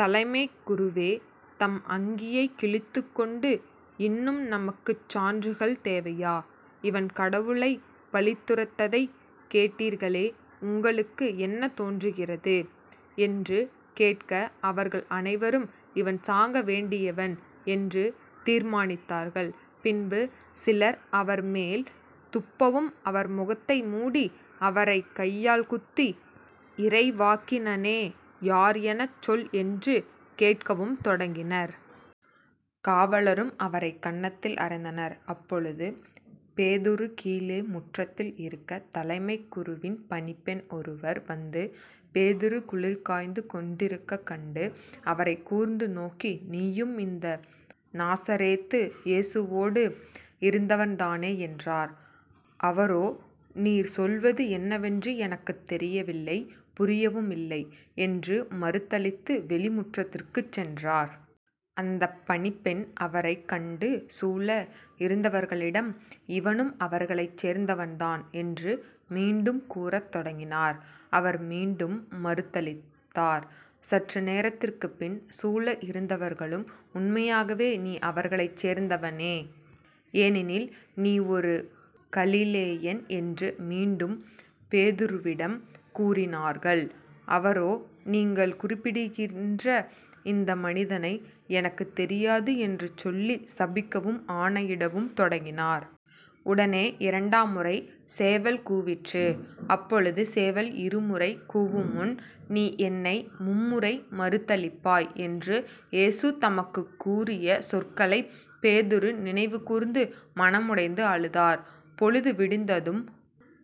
தலைமைக் குருவோ தம் அங்கியைக் கிழித்துக்கொண்டு இன்னும் நமக்குச் சான்றுகள் தேவையா? இவன் கடவுளைப் பழித்துரைத்ததைக் கேட்டீர்களே உங்களுக்கு என்ன தோன்றுகிறது? என்று கேட்க அவர்கள் அனைவரும் இவன் சாக வேண்டியவன் என்று தீர்மானித்தார்கள். பின்பு சிலர் அவர்மேல் துப்பவும் அவர் முகத்தை மூடி அவரைக் கையால் குத்தி இறைவாக்கினனே யார் எனச் சொல் என்று கேட்கவும் தொடங்கினர். காவலரும் அவரைக் கன்னத்தில் அறைந்தனர். அப்பொழுது பேதுரு கீழே முற்றத்தில் இருக்க தலைமைக் குருவின் பணிப் பெண் ஒருவர் வந்து பேதுரு குளிர்காய்ந்து கொண்டிருக்கக் கண்டு அவரைக் கூர்ந்து நோக்கி நீயும் இந்த நாசரேத்து இயேசுவோடு இருந்தவன்தானே என்றார். அவரோ நீர் சொல்வது என்னவென்று எனக்குத் தெரியவில்லை புரியவுமில்லை என்று மறுதலித்து வெளி முற்றத்திற்குச் சென்றார். அந்தப் பணிப்பெண் அவரைக் கண்டு சூழ இருந்தவர்களிடம் இவனும் அவர்களைச் சேர்ந்தவன்தான் என்று மீண்டும் கூறத் தொடங்கினார். அவர் மீண்டும் மறுதலித்தார். சற்று நேரத்திற்குப்பின் சூழ இருந்தவர்களும் உண்மையாகவே நீ அவர்களைச் சேர்ந்தவனே. ஏனெனில் நீ ஒரு கலிலேயன் என்று மீண்டும் பேதுருவிடம் கூறினார்கள். அவரோ நீங்கள் குறிப்பிடுகின்ற இந்த மனிதனை எனக்குத் தெரியாது என்று சொல்லிச் சபிக்கவும் ஆணையிடவும் தொடங்கினார். உடனே இரண்டாம் முறை சேவல் கூவிற்று. அப்பொழுது சேவல் இருமுறை கூவுமுன் நீ என்னை மும்முறை மறுதலிப்பாய் என்று இயேசு தமக்குக் கூறிய சொற்களைப் பேதுரு நினைவு கூர்ந்து மனம் உடைந்து அழுதார். பொழுது விடிந்ததும்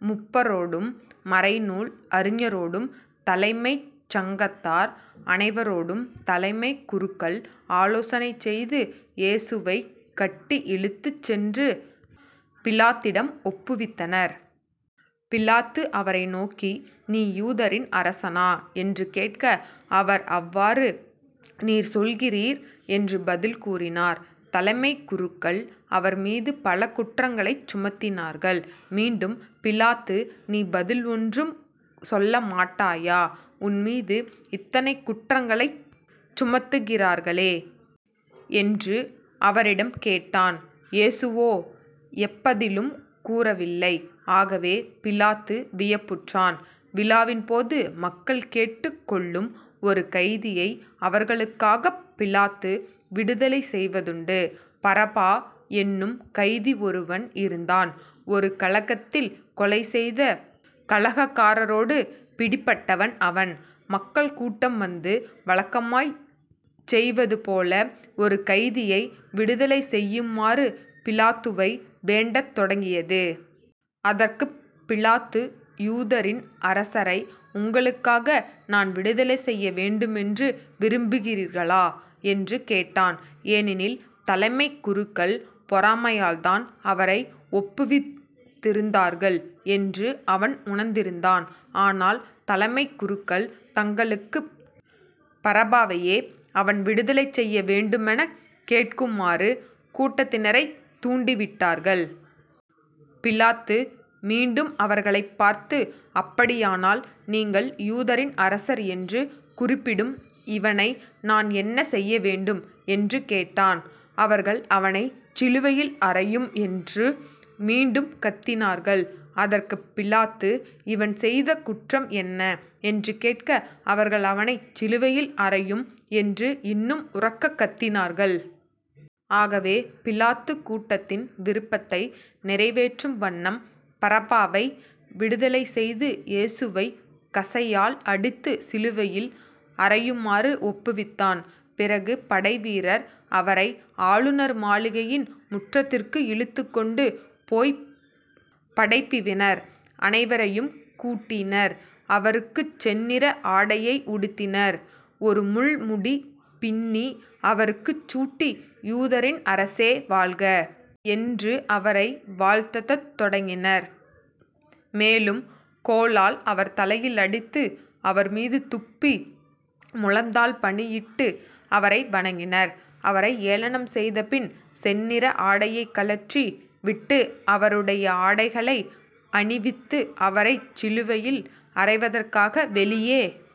முப்பரோடும் மறைநூல் அறிஞரோடும் தலைமைச் சங்கத்தார் அனைவரோடும் தலைமைக் குருக்கள் ஆலோசனை செய்து இயேசுவைக் கட்டி இழுத்துச் சென்று பிலாத்திடம் ஒப்புவித்தனர். பிலாத்து அவரை நோக்கி நீ யூதரின் அரசனா? என்று கேட்க அவர் அவ்வாறு நீர் சொல்கிறீர் என்று பதில் கூறினார். தலைமைக் குருக்கள் அவர்மீது பல குற்றங்களைச் சுமத்தினார்கள். மீண்டும் பிலாத்து நீ பதில் ஒன்றும் சொல்ல மாட்டாயா? உன் மீது இத்தனை குற்றங்களைச் சுமத்துகிறார்களே. என்று அவரிடம் கேட்டான். இயேசுவோ எப்பதிலும் கூறவில்லை. ஆகவே பிலாத்து வியப்புற்றான். விழாவின்போது மக்கள் கேட்டுக் கொள்ளும் ஒரு கைதியை அவர்களுக்காகப் பிலாத்து விடுதலை செய்வதுண்டு. பரபா என்னும் கைதி ஒருவன் இருந்தான். ஒரு கலகத்தில் கொலை செய்த கலகக்காரரோடு பிடிபட்டவன் அவன். மக்கள் கூட்டம் வந்து வழக்கமாய்ச் செய்வதுபோல ஒரு கைதியை விடுதலை செய்யுமாறு பிலாத்துவை வேண்டத் தொடங்கியது. அதற்குப் பிலாத்து யூதரின் அரசரை உங்களுக்காக நான் விடுதலை செய்ய வேண்டுமென்று விரும்புகிறீர்களா? என்று கேட்டான். ஏனெனில் தலைமைக் குருக்கள் பொறாமையால்தான் அவரை ஒப்புவித்திருந்தார்கள் என்று அவன் உணர்ந்திருந்தான். ஆனால் தலைமைக் குருக்கள் தங்களுக்குப் பரபாவையே அவன் விடுதலை செய்ய வேண்டுமெனக் கேட்குமாறு கூட்டத்தினரைத் தூண்டிவிட்டார்கள். பிலாத்து மீண்டும் அவர்களைப் பார்த்து அப்படியானால் நீங்கள் யூதரின் அரசர் என்று குறிப்பிடும் இவனை நான் என்ன செய்ய வேண்டும்? என்று கேட்டான். அவர்கள் அவனைச் சிலுவையில் அறையும் என்று மீண்டும் கத்தினார்கள். அதற்குப் பிலாத்து இவன் செய்த குற்றம் என்ன? என்று கேட்க, அவர்கள் அவனைச் சிலுவையில் அறையும் என்று இன்னும் உரக்கக் கத்தினார்கள். ஆகவே பிலாத்து கூட்டத்தின் விருப்பத்தை நிறைவேற்றும் வண்ணம் பரபாவை விடுதலை செய்து இயேசுவைக் கசையால் அடித்து சிலுவையில் அறையுமாறு ஒப்புவித்தான். பிறகு படைவீரர் அவரை ஆளுநர் மாளிகையின் முற்றத்திற்கு இழுத்துக்கொண்டு போய்ப் படைப்பிவினர் அனைவரையும் கூட்டினர் அவருக்குச் செந்நிற ஆடையை உடுத்தினர் ஒரு முள் முடி பின்னி அவருக்குச் சூட்டி யூதரின் அரசே வாழ்க. என்று அவரை வாழ்த்தத் தொடங்கினர் மேலும் கோலால் அவர் தலையில் அடித்து. அவர்மீது துப்பி முழந்தாள்பணியிட்டு அவரை வணங்கினர். அவரை ஏளனம் செய்த பின் செந்நிற ஆடையைக் கழற்றி விட்டு அவருடைய ஆடைகளை அணிவித்து அவரைச் சிலுவையில் அறைவதற்காக வெளியே